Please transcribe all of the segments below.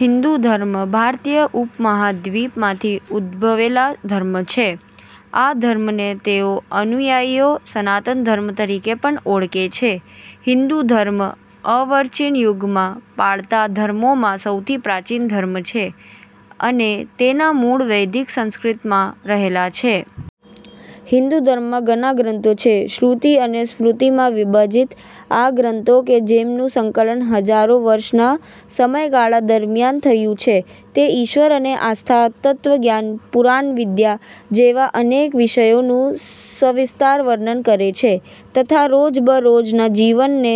હિંદુ ધર્મ ભારતીય ઉપ-મહાદ્વીપમાંથી ઉદ્ભવેલો ધર્મ છે. આ ધર્મને તેના અનુયાયીઓ સનાતન ધર્મ તરીકે પણ ઓળખે છે. હિંદુ ધર્મ અર્વાચીન યુગમાં પળાતા ધર્મોમાં સૌથી પ્રાચીન ધર્મ છે અને તેના મૂળ વૈદિક સંસ્કૃતિમાં રહેલા છે. હિંદુ ધર્મમાં ઘણાં ગ્રંથો છે. શ્રુતિ અને સ્મૃતિમાં વિભાજિત આ ગ્રંથો કે જેમનું સંકલન હજારો વર્ષનાં સમયગાળા દરમ્યાન થયું છે તે ઈશ્વર અને આસ્થા, તત્ત્વજ્ઞાન, પુરાણવિદ્યા જેવા અનેક વિષયોનું સવિસ્તાર વર્ણન કરે છે તથા રોજબરોજના જીવનને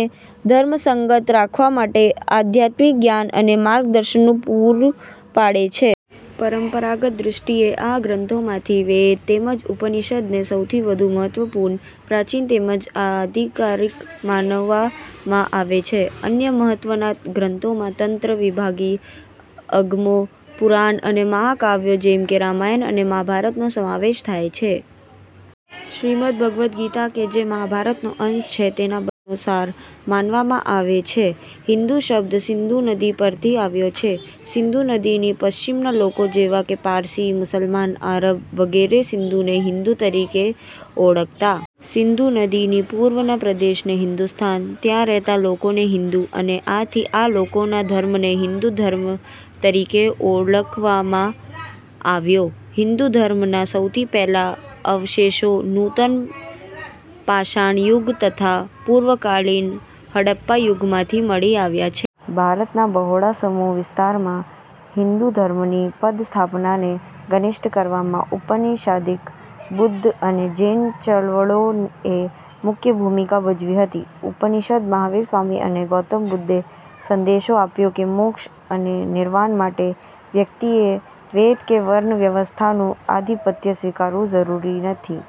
ધર્મસંગત રાખવા માટે આધ્યાત્મિક જ્ઞાન અને માર્ગદર્શન પૂરું પાડે છે. પરંપરાગત દ્રષ્ટિએ આ ગ્રંથોમાંથી વેદ, તેમજ ઉપનિષદને સૌથી વધુ મહત્વપૂર્ણ, પ્રાચીન તેમજ આધિકારિક માનવામાં આવે છે. અન્ય મહત્વના ગ્રંથોમાં તંત્ર, વિભાગીય અગમો, પુરાણ અને મહાકાવ્યો જેમકે રામાયણ અને મહાભારતનો સમાવેશ થાય છે. શ્રીમદ્ ભગવદ્ ગીતા કે જે મહાભારતનો અંશ છે તેને બધા વેદોનો સાર માનવામાં આવે છે. હિંદુ શબ્દ સિંધુ નદી પરથી આવ્યો છે. સિંધુ નદીની પશ્ચિમના લોકો જેવા કે પારસી, મુસલમાન, આરબ, વગેરે સિંધુને હિંદુ તરીકે ઓળખતા. સિંધુ નદીની પૂર્વના પ્રદેશને હિંદુસ્તાન, ત્યાં રહેતા લોકોને હિંદુ અને આથી આ લોકોના ધર્મને હિંદુ ધર્મ તરીકે ઓળખાવવામાં આવ્યો. હિંદુ ધર્મના સૌથી પહેલા અવશેષો નૂતન પાષાણ યુગ તથા પૂર્વકાલીન હડપ્પા યુગમાંથી મળી આવે છે. ભારતના બહોળા સમુહ વિસ્તારમાં હિંદુ ધર્મની પદસ્થાપનાને ઘનિષ્ટ કરવામાં ઉપનીશાદીક, બુદ્ધ અને જૈન ચળવળોએ મુખ્ય ભૂમિકા ભજવી હતી. ઉપનિષદ, મહાવીર સ્વામી અને ગૌતમ બુદ્ધએ સંદેશો આપ્યો કે મોક્ષ અને નિર્વાણ માટે વ્યક્તિએ વેદ કે વર્ણ વ્યવસ્થાનું આધીપત્ય સ્વીકારવું જરૂરી નથી.